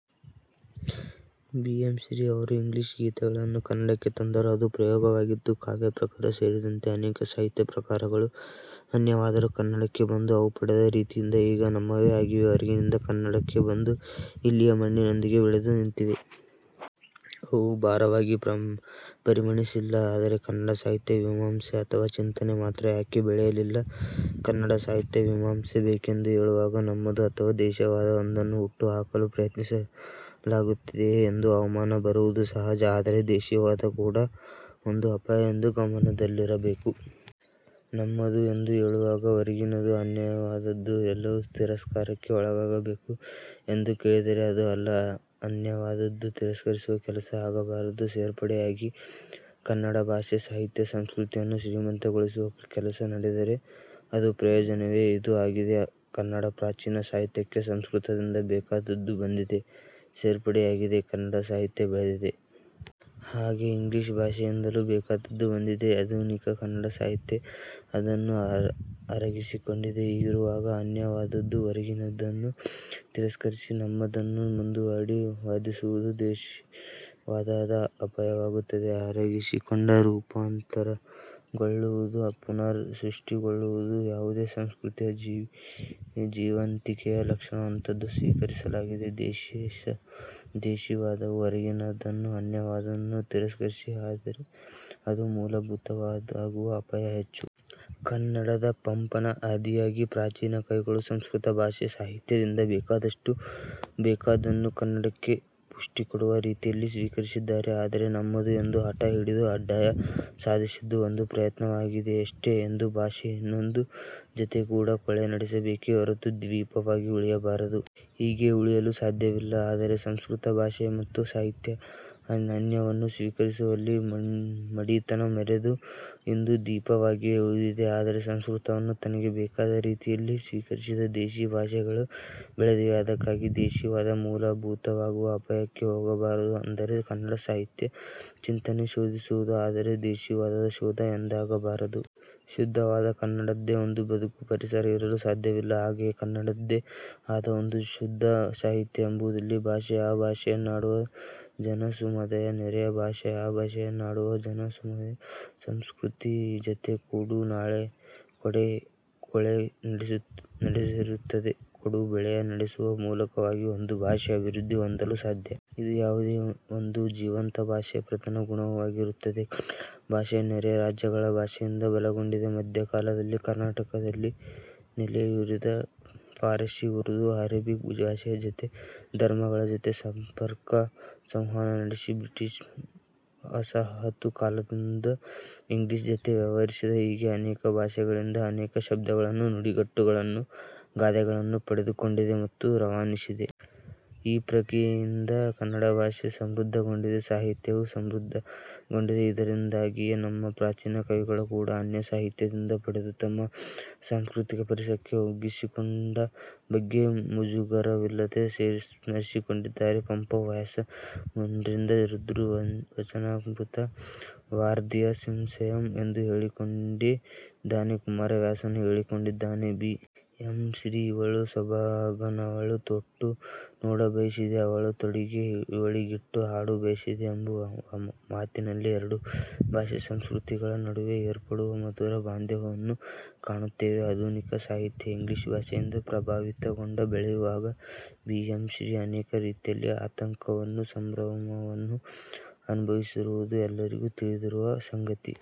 . B. M. Shri ಅವರು 'English ಗೀತ'ಗಳನ್ನು ಕನ್ನಡಕ್ಕೆ ತಂದರು. ಅದು ಪ್ರಯೋಗವಾಗಿತ್ತು. ಕಾವ್ಯ ಪ್ರಕಾರ ಸೇರಿದಂತೆ ಅನೇಕ ಸಾಹಿತ್ಯ ಪ್ರಕಾರಗಳು ಅನ್ಯವಾದರೂ ಕನ್ನಡಕ್ಕೆ ಬಂದು ಅವು ಪಡೆದ ರೀತಿಯಿಂದ ಈಗ ನಮ್ಮವೇ ಆಗಿವೆ. ಹೊರಗಿನಿಂದ ಕನ್ನಡಕ್ಕೆ ಬಂದು, ಇಲ್ಲಿಯ ಮಣ್ಣಿನೊಂದಿಗೆ ಬೆಳೆದು ನಿಂತಿವೆ. ಅವು ಭಾರವಾಗಿ ಪರಿಣಮಿಸಿಲ್ಲ. ಆದರೆ ಕನ್ನಡ ಸಾಹಿತ್ಯ ಮೀಮಾಂಸೆ ಅಥವಾ ಚಿಂತನೆ ಮಾತ್ರ ಯಾಕೆ ಬೆಳೆಯಲಿಲ್ಲ?. ಕನ್ನಡ ಸಾಹಿತ್ಯ ಮೀಮಾಂಸೆ ಬೇಕೆಂದು ಹೇಳುವಾಗ, ನಮ್ಮದು ಅಥವಾ ದೇಶಿವಾದ ಒಂದನ್ನು ಹುಟ್ಟುಹಾಕಲು ಪ್ರಯತ್ನಿಸಲಾಗುತ್ತಿದೆಯೇ? ಎಂದು ಅನುಮಾನ ಬರುವುದು ಸಹಜ. ಆದರೆ ದೇಶಿವಾದ ಕೂಡ ಒಂದು ಅಪಾಯ ಎಂದು ಗಮನದಲ್ಲಿರಬೇಕು. ನಮ್ಮದು ಎಂದು ಹೇಳುವಾಗ ಹೊರಗಿನದು ಅನ್ಯವಾದದ್ದು ಎಲ್ಲವೂ ತಿರಸ್ಕಾರಕ್ಕೆ ಒಳಗಾಗಬೇಕು ಎಂದು ಕೇಳಿದರೆ ಅದೂ ಅಲ್ಲ. ಅನ್ಯವಾದದ್ದು ತಿರಸ್ಕರಿಸುವ ಕೆಲಸ ಆಗಬಾರದು. ಸೇರ್ಪಡೆ ಯಾಗಿ ಕನ್ನಡ ಭಾಷೆ, ಸಾಹಿತ್ಯ, ಸಂಸ್ಕೃತಿಯನ್ನು ಶ್ರೀಮಂತ ಗೊಳಿಸುವ ಕೆಲಸ ನಡೆದರೆ ಅದು ಪ್ರಯೋಜನವೇ. ಇದು ಆಗಿದೆ. ಕನ್ನಡ ಪ್ರಾಚೀನ ಸಾಹಿತ್ಯಕ್ಕೆ ಸಂಸ್ಕೃತದಿಂದ ಬೇಕಾದದ್ದು ಬಂದಿದೆ; ಸೇರ್ಪಡೆಯಾಗಿದೆ; ಕನ್ನಡ ಸಾಹಿತ್ಯ ಬೆಳೆದಿದೆ. ಹಾಗೆ ಇಂಗ್ಲಿಶ್ ಭಾಷೆಯಿಂದಲೂ ಬೇಕಾದ್ದು ಬಂದಿದೆ. ಆಧುನಿಕ ಕನ್ನಡ ಸಾಹಿತ್ಯ ಅದನ್ನು ಅರಗಿಸಿಕೊಂಡಿದೆ. ಹೀಗಿರುವಾಗ ಅನ್ಯವಾದದ್ದು ಹೊರಗಿನದನ್ನು ತಿರಸ್ಕರಿಸಿ ನಮ್ಮದನ್ನು ಮುಂದುಮಾಡಿ ವಾದಿಸುವುದು ದೇಶಿವಾದದ ಅಪಾಯವಾಗುತ್ತದೆ. ಅರಗಿಸಿಕೊಂಡು ರೂಪಾಂತರಗೊಳ್ಳು ವುದು, ಪುನರ್ ಸೃಷ್ಟಿಗೊಳ್ಳುವುದು ಯಾವುದೇ ಸಂಸ್ಕೃತಿಯ ಜೀವಂತಿಕೆಯ ಲಕ್ಷಣ. ಅಂಥದ್ದನ್ನು ಸ್ವೀಕರಿಸಲಾಗಿದೆ. ದೇಶಿವಾದವು ಹೊರಗಿನದನ್ನು, ಅನ್ಯವಾದದನ್ನು ತರಿಸ್ಕರಿಸಿ ದರೆ ಅದು ಮೂಲಭೂತವಾದವಾಗುವ ಅಪಾಯವೇ ಹೆಚ್ಚು. ಕನ್ನಡದ ಪಂಪನ ಆದಿಯಾಗಿ ಪ್ರಾಚೀನ ಕವಿಗಳು ಸಂಸ್ಕೃತ ಭಾಷೆ – ಸಾಹಿತ್ಯದಿಂದ ಬೇಕಾದಷ್ಟು, ಬೇಕಾದದ್ದನ್ನು ಕನ್ನಡಕ್ಕೆ ಪುಷ್ಠಿಕೊಡುವ ರೀತಿಯಲ್ಲಿ ಸ್ವೀಕರಿಸಿದ್ದಾರೆ. ಆದರೆ 'ನಮ್ಮದು' ಎಂದು ಹಠ ಹಿಡಿದ ಅಂಡಯ್ಯ ಸಾಧಿಸಿದ್ದು ಒಂದು ಪ್ರಯತ್ನವಾಗಿದೆಯಷ್ಟೆ. ಒಂದು ಭಾಷೆ ಇನ್ನೊಂದರ ಜತೆ ಕೊಡು – ಕೊಳೆ ನಡೆಸಬೇಕೇ ಹೊರತು ದ್ವೀಪವಾಗಿ ಉಳಿಯಬಾರದು. ಹೀಗೆ ಉಳಿಯಲು ಸಾಧ್ಯವಿಲ್ಲ. ಆದರೆ ಸಂಸ್ಕೃತ ಭಾಷೆ ಮತ್ತು ಸಾಹಿತ್ಯ ಅನ್ಯವನ್ನು ಸ್ವೀಕರಿಸುವಲ್ಲಿ ಮಡಿತನ ಮೆರೆದು ಇಂದು ದ್ವೀಪವಾಗಿಯೇ ಉಳಿದಿದೆ. ಆದರೆ ಸಂಸ್ಕೃತವನ್ನು ತನಗೆ ಬೇಕಾದ ರೀತಿ ಯಲ್ಲಿ ಸ್ವೀಕರಿಸಿದ ದೇಶಿ ಭಾಷೆಗಳು ಬೆಳೆದಿವೆ. ಅದಕ್ಕಾಗಿ ದೇಶಿವಾದ ಮೂಲಭೂತವಾಗುವ ಅಪಾಯಕ್ಕೆ ಹೋಗಬಾರದು. ಅಂದರೆ ಕನ್ನಡ ಸಾಹಿತ್ಯ ಚಿಂತನೆ ಶೋಧಿಸುವುದು ಅಂದರೆ ದೇಶಿವಾದದ ಶೋಧ ಎಂದಾಗಬಾರದು. ಶುದ್ಧವಾದ ಕನ್ನಡದ್ದೇ ಒಂದು ಬದುಕು, ಪರಿಸರ ಇರಲು ಸಾಧ್ಯವಿಲ್ಲ. ಹಾಗೆಯೇ ಕನ್ನಡದ್ದೇ ಆದ ಒಂದು ಶುದ್ಧ ಸಾಹಿತ್ಯ ಎಂಬುದಿಲ್ಲ. ಭಾಷೆ, ಆ ಭಾಷೆಯನ್ನಾಡುವ ಜನಸಮುದಾಯ ನೆರೆಯ ಭಾಷೆ, ಆ ಭಾಷೆಯನ್ನಾಡುವ ಜನಸಮುದಾಯದ ಸಂಸ್ಕೃತಿಯ ಜತೆ ಕೊಡು ಕೊಳೆ ನಡೆಸಿರುತ್ತದೆ. ಕೊಡು ಕೊಳೆ ನಡೆಸುವ ಮೂಲಕವಾಗಿ ಒಂದು ಭಾಷೆ ಅಭಿವೃದ್ದಿ ಹೊಂದಲು ಸಾಧ್ಯ. ಇದು ಯಾವುದೇ ಒಂದು ಜೀವಂತ ಭಾಷೆಯ ಪ್ರಧಾನ ಗುಣವಾಗಿರುತ್ತದೆ. ಕನ್ನಡ ಭಾಷೆ ನೆರೆಯ ರಾಜ್ಯಗಳ ಭಾಷೆಯಿಂದ ಬಲಗೊಂಡಿದೆ. ಮಧ್ಯಕಾಲದಿಂದ ಕರ್ನಾಟಕದಲ್ಲಿ ನೆಲೆಯೂರಿದ ಫಾರಶಿ, ಉರ್ದು, ಅರೇಬಿಕ್ ಭಾಷೆಯ ಜತೆ, ಧರ್ಮಗಳ ಜತೆ ಸಂಪರ್ಕ ಸಂವಹನ ನಡೆಸಿದೆ. ಬ್ರಿಟಿಶ್ ವಸಾಹತು ಕಾಲದಿಂದ ಇಂಗ್ಲಿಶ್ ಜತೆ ವ್ಯವಹರಿಸಿದೆ. ಹೀಗೆ ಅನೇಕ ಭಾಷೆಗಳಿಂದ ಅನೇಕ ಶಬ್ದಗಳನ್ನು, ನುಡಿಗಟ್ಟು ಗಳನ್ನು, ಗಾದೆಗಳನ್ನು ಪಡೆದುಕೊಂಡಿದೆ ಮತ್ತು ರವಾನಿಸಿದೆ. ಈ ಪ್ರಕ್ರಿಯೆಯಿಂದ ಕನ್ನಡ ಭಾಷೆ ಸಮೃದ್ಧಗೊಂಡಿದೆ. ಸಾಹಿತ್ಯವೂ ಸಮೃದ್ಧಗೊಂಡಿದೆ. ಇದರಿಂದಾಗಿಯೇ ನಮ್ಮ ಪ್ರಾಚೀನ ಕವಿಗಳು ಕೂಡ ಅನ್ಯ ಸಾಹಿತ್ಯದಿಂದ ಪಡೆದು ತಮ್ಮ ಸಾಂಸ್ಕೃತಿಕ ಪರಿಸರಕ್ಕೆ ಒಗ್ಗಿಸಿಕೊಂಡ ಬಗ್ಗೆ ಮುಜುಗರವಿಲ್ಲದೆ ಸ್ಮರಿಸಿಕೊಂಡಿದ್ದಾರೆ. ಪಂಪ 'ವ್ಯಾಸಮುನೀಂದ್ರ ರುಂದ್ರ ವಚನಾಮೃತ ವಾರ್ಧಿಯನೀಸುವೆಂ' ಎಂದು ಹೇಳಿಕೊಂಡಿ ದ್ದಾನೆ. ಕುಮಾರವ್ಯಾಸನೂ ಹೇಳಿಕೊಂಡಿದ್ದಾನೆ. ಬಿ. ಎಂ. ಶ್ರೀ 'ಇವಳ ಸೊಬಗನವಳು ತೊಟ್ಟು ನೋಡಬಯಸಿದೆ. ಅವಳ ತೊಡಿಗೆ ಇವಳಿಗಿಟ್ಟು ಹಾಡ ಬಯಸಿದೆ' ಎಂಬ ಮಾತಿನಲ್ಲಿ ಎರಡು ಭಾಷೆ ಸಂಸ್ಕೃತಿಗಳ ನಡುವೆ ಏರ್ಪಡುವ ಮಧುರ ಬಾಂಧವ್ಯವನ್ನು ಕಾಣುತ್ತೇವೆ. ಆಧುನಿಕ ಸಾಹಿತ್ಯವು ಇಂಗ್ಲಿಶ್ ಭಾಷೆಯಿಂದ ಪ್ರಭಾವಿತಗೊಂಡು ಬೆಳೆಯುವಾಗ ಬಿ. ಎಂ. ಶ್ರೀ. ಅನೇಕ ರೀತಿಯಲ್ಲಿ ಆತಂಕವನ್ನೂ ಸಂಭ್ರಮವನ್ನು ಅನುಭವಿಸಿರುವುದು ಎಲ್ಲರಿಗೂ ತಿಳಿದಿರುವ ಸಂಗತಿ.